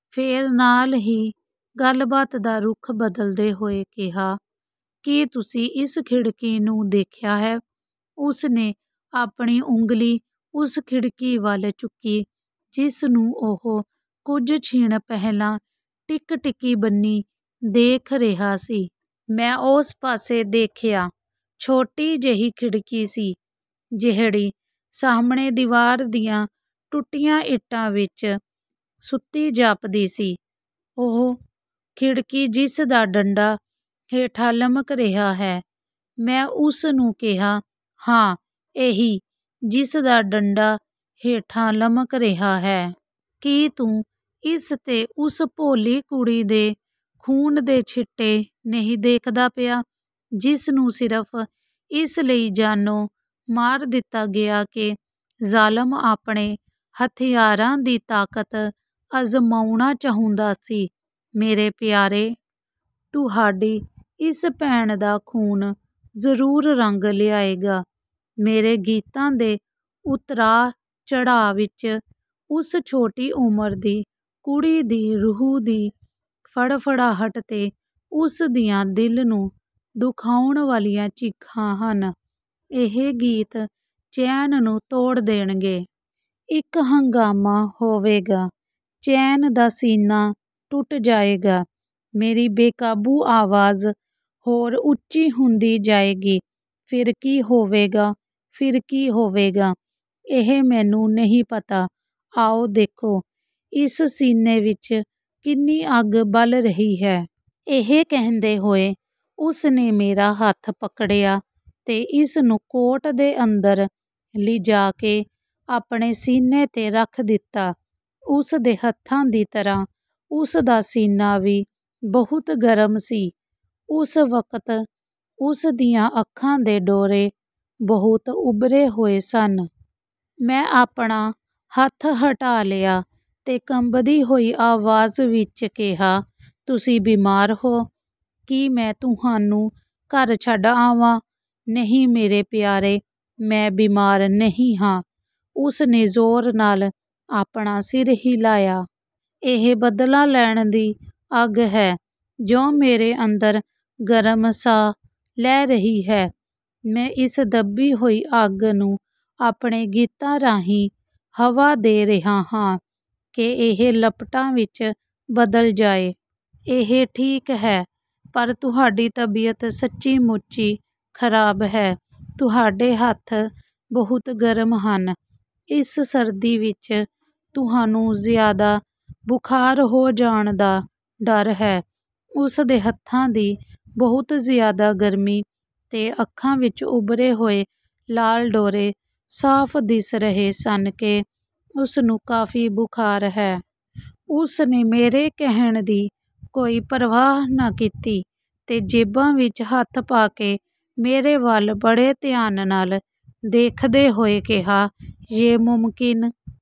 ਫੇਰ ਨਾਲ ਹੀ ਗੱਲਬਾਤ ਦਾ ਰੁਖ਼ ਬਦਲਦੇ ਹੋਏ ਕਿਹਾ, ਕੀ ਤੁਸੀਂ ਇਸ ਖਿੜਕੀ ਨੂੰ ਦੇਖਿਆ ਹੈ? ਉਸ ਨੇ ਆਪਣੀ ਉਂਗਲੀ ਉਸ ਖਿੜਕੀ ਵੱਲ ਚੁੱਕੀ ਜਿਸਨੂੰ ਉਹ ਕੁਝ ਛਿਣ ਪਹਿਲਾਂ ਟਿਕਟਿਕੀ ਬੰਨ੍ਹੀ ਦੇਖ ਰਿਹਾ ਸੀ। ਮੈਂ ਓਸ ਪਾਸੇ ਦੇਖਿਆ। ਛੋਟੀ ਜਿਹੀ ਖਿੜਕੀ ਸੀ ਜਿਹੜੀ ਸਾਹਮਣੇ ਦੀਵਾਰ ਦੀਆਂ ਟੁੱਟੀਆਂ ਇੱਟਾਂ ਵਿਚ ਸੁੱਤੀ ਜਾਪਦੀ ਸੀ। ਓਹ ਖਿੜਕੀ ਜਿਸਦਾ ਡੰਡਾ ਹੇਠਾਂ ਲਮਕ ਰਿਹਾ ਹੈ? ਮੈਂ ਉਸ ਨੂੰ ਕਿਹਾ। ਹਾਂ ਇਹੀ, ਜਿਸਦਾ ਡੰਡਾ ਹੇਠਾਂ ਲਮਕ ਰਿਹਾ ਹੈ। ਕੀ ਤੂੰ ਇਸ ’ਤੇ ਉਸ ਭੋਲੀ ਕੁੜੀ ਦੇ ਖੂਨ ਦੇ ਛਿੱਟੇ ਨਹੀਂ ਦੇਖਦਾ ਪਿਆ, ਜਿਸਨੂੰ ਸਿਰਫ਼ ਇਸ ਲਈ ਜਾਨੋਂ ਮਾਰ ਦਿੱਤਾ ਗਿਆ ਕਿ ਜ਼ਾਲਮ ਆਪਣੇ ਹਥਿਆਰਾਂ ਦੀ ਤਾਕਤ ਅਜ਼ਮਾਉਣਾ ਚਾਹੁੰਦਾ ਸੀ, ਮੇਰੇ ਪਿਆਰੇ। ਤੁਹਾਡੀ ਇਸ ਭੈਣ ਦਾ ਖ਼ੂਨ ਜ਼ਰੂਰ ਰੰਗ ਲਿਆਏਗਾ। ਮੇਰੇ ਗੀਤਾਂ ਦੇ ਉਤਰਾਅ-ਚੜ੍ਹਾਅ ਵਿੱਚ ਉਸ ਛੋਟੀ ਉਮਰ ਦੀ ਕੁੜੀ ਦੀ ਰੂਹ ਦੀ ਫੜਫੜਾਹਟ ਤੇ ਉਸ ਦੀਆਂ ਦਿਲ ਨੂੰ ਦੁਖਾਉਣ ਵਾਲੀਆਂ ਚੀਖਾਂ ਹਨ। ਇਹ ਗੀਤ ਚੈਨ ਨੂੰ ਤੋੜ ਦੇਣਗੇ। ਇੱਕ ਹੰਗਾਮਾ ਹੋਵੇਗਾ। ਚੈਨ ਦਾ ਸੀਨਾ ਟੁੱਟ ਜਾਏਗਾ। ਮੇਰੀ ਬੇਕਾਬੂ ਆਵਾਜ਼ ਹੋਰ ਉੱਚੀ ਹੁੰਦੀ ਜਾਏਗੀ। ਫਿਰ ਕੀ ਹੋਵੇਗਾ? ਫਿਰ ਕੀ ਹੋਵੇਗਾ? ਇਹ ਮੈਨੂੰ ਨਹੀਂ ਪਤਾ। ਆਓ, ਦੇਖੋ, ਇਸ ਸੀਨੇ ਵਿੱਚ ਕਿੰਨੀ ਅੱਗ ਬਲ ਰਹੀ ਹੈ। ਇਹ ਕਹਿੰਦੇ ਹੋਏ ਉਸ ਨੇ ਮੇਰਾ ਹੱਥ ਪਕੜਿਆ ਤੇ ਇਸਨੂੰ ਕੋਟ ਦੇ ਅੰਦਰ ਲਿਜਾ ਕੇ ਆਪਣੇ ਸੀਨੇ ’ਤੇ ਰੱਖ ਦਿੱਤਾ। ਉਸ ਦੇ ਹੱਥਾਂ ਦੀ ਤਰ੍ਹਾਂ ਉਸਦਾ ਸੀਨਾ ਵੀ ਬਹੁਤ ਗਰਮ ਸੀ। ਉਸ ਵਕਤ ਉਸ ਦੀਆਂ ਅੱਖਾਂ ਦੇ ਡੋਰੇ ਬਹੁਤ ਉੱਭਰੇ ਹੋਏ ਸਨ। ਮੈਂ ਆਪਣਾ ਹੱਥ ਹਟਾ ਲਿਆ ਤੇ ਕੰਬਦੀ ਹੋਈ ਆਵਾਜ਼ ਵਿੱਚ ਕਿਹਾ, ਤੁਸੀਂ ਬਿਮਾਰ ਹੋ। ਕੀ ਮੈਂ ਤੁਹਾਨੂੰ ਘਰ ਛੱਡ ਆਵਾਂ? ਨਹੀਂ ਮੇਰੇ ਪਿਆਰੇ, ਮੈਂ ਬਿਮਾਰ ਨਹੀਂ ਹਾਂ। ਉਸ ਨੇ ਜ਼ੋਰ ਨਾਲ ਆਪਣਾ ਸਿਰ ਹਿਲਾਇਆ। ਇਹ ਬਦਲਾ ਲੈਣ ਦੀ ਅੱਗ ਹੈ ਜੋ ਮੇਰੇ ਅੰਦਰ ਗਰਮ ਸਾਹ ਲੈ ਰਹੀ ਹੈ। ਮੈਂ ਇਸ ਦੱਬੀ ਹੋਈ ਅੱਗ ਨੂੰ ਆਪਣੇ ਗੀਤਾਂ ਰਾਹੀਂ ਹਵਾ ਦੇ ਰਿਹਾ ਹਾਂ ਕਿ ਇਹ ਲਪਟਾਂ ਵਿੱਚ ਬਦਲ ਜਾਏ। ਇਹ ਠੀਕ ਹੈ ਪਰ ਤੁਹਾਡੀ ਤਬੀਅਤ ਸੱਚੀਂ-ਮੁੱਚੀਂ ਖਰਾਬ ਹੈ। ਤੁਹਾਡੇ ਹੱਥ ਬਹੁਤ ਗਰਮ ਹਨ। ਇਸ ਸਰਦੀ ਵਿੱਚ ਤੁਹਾਨੂੰ ਜ਼ਿਆਦਾ ਬੁਖਾਰ ਹੋ ਜਾਣ ਦਾ ਡਰ ਹੈ। ਉਸ ਦੇ ਹੱਥਾਂ ਦੀ ਬਹੁਤ ਜ਼ਿਆਦਾ ਗਰਮੀ ਤੇ ਅੱਖਾਂ ਵਿੱਚ ਉੱਭਰੇ ਹੋਏ ਲਾਲ ਡੋਰੇ ਸਾਫ਼ ਦੱਸ ਰਹੇ ਸਨ ਕਿ ਉਸਨੂੰ ਕਾਫ਼ੀ ਬੁਖਾਰ ਹੈ। ਉਸ ਨੇ ਮੇਰੇ ਕਹਿਣ ਦੀ ਕੋਈ ਪਰਵਾਹ ਨਾ ਕੀਤੀ ਤੇ ਜੇਬਾਂ ਵਿੱਚ ਹੱਥ ਪਾ ਕੇ ਮੇਰੇ ਵੱਲ ਬੜੇ ਧਿਆਨ ਨਾਲ ਦੇਖਦੇ ਹੋਏ ਕਿਹਾ, ਯੇ ਮੁਮਕਿਨ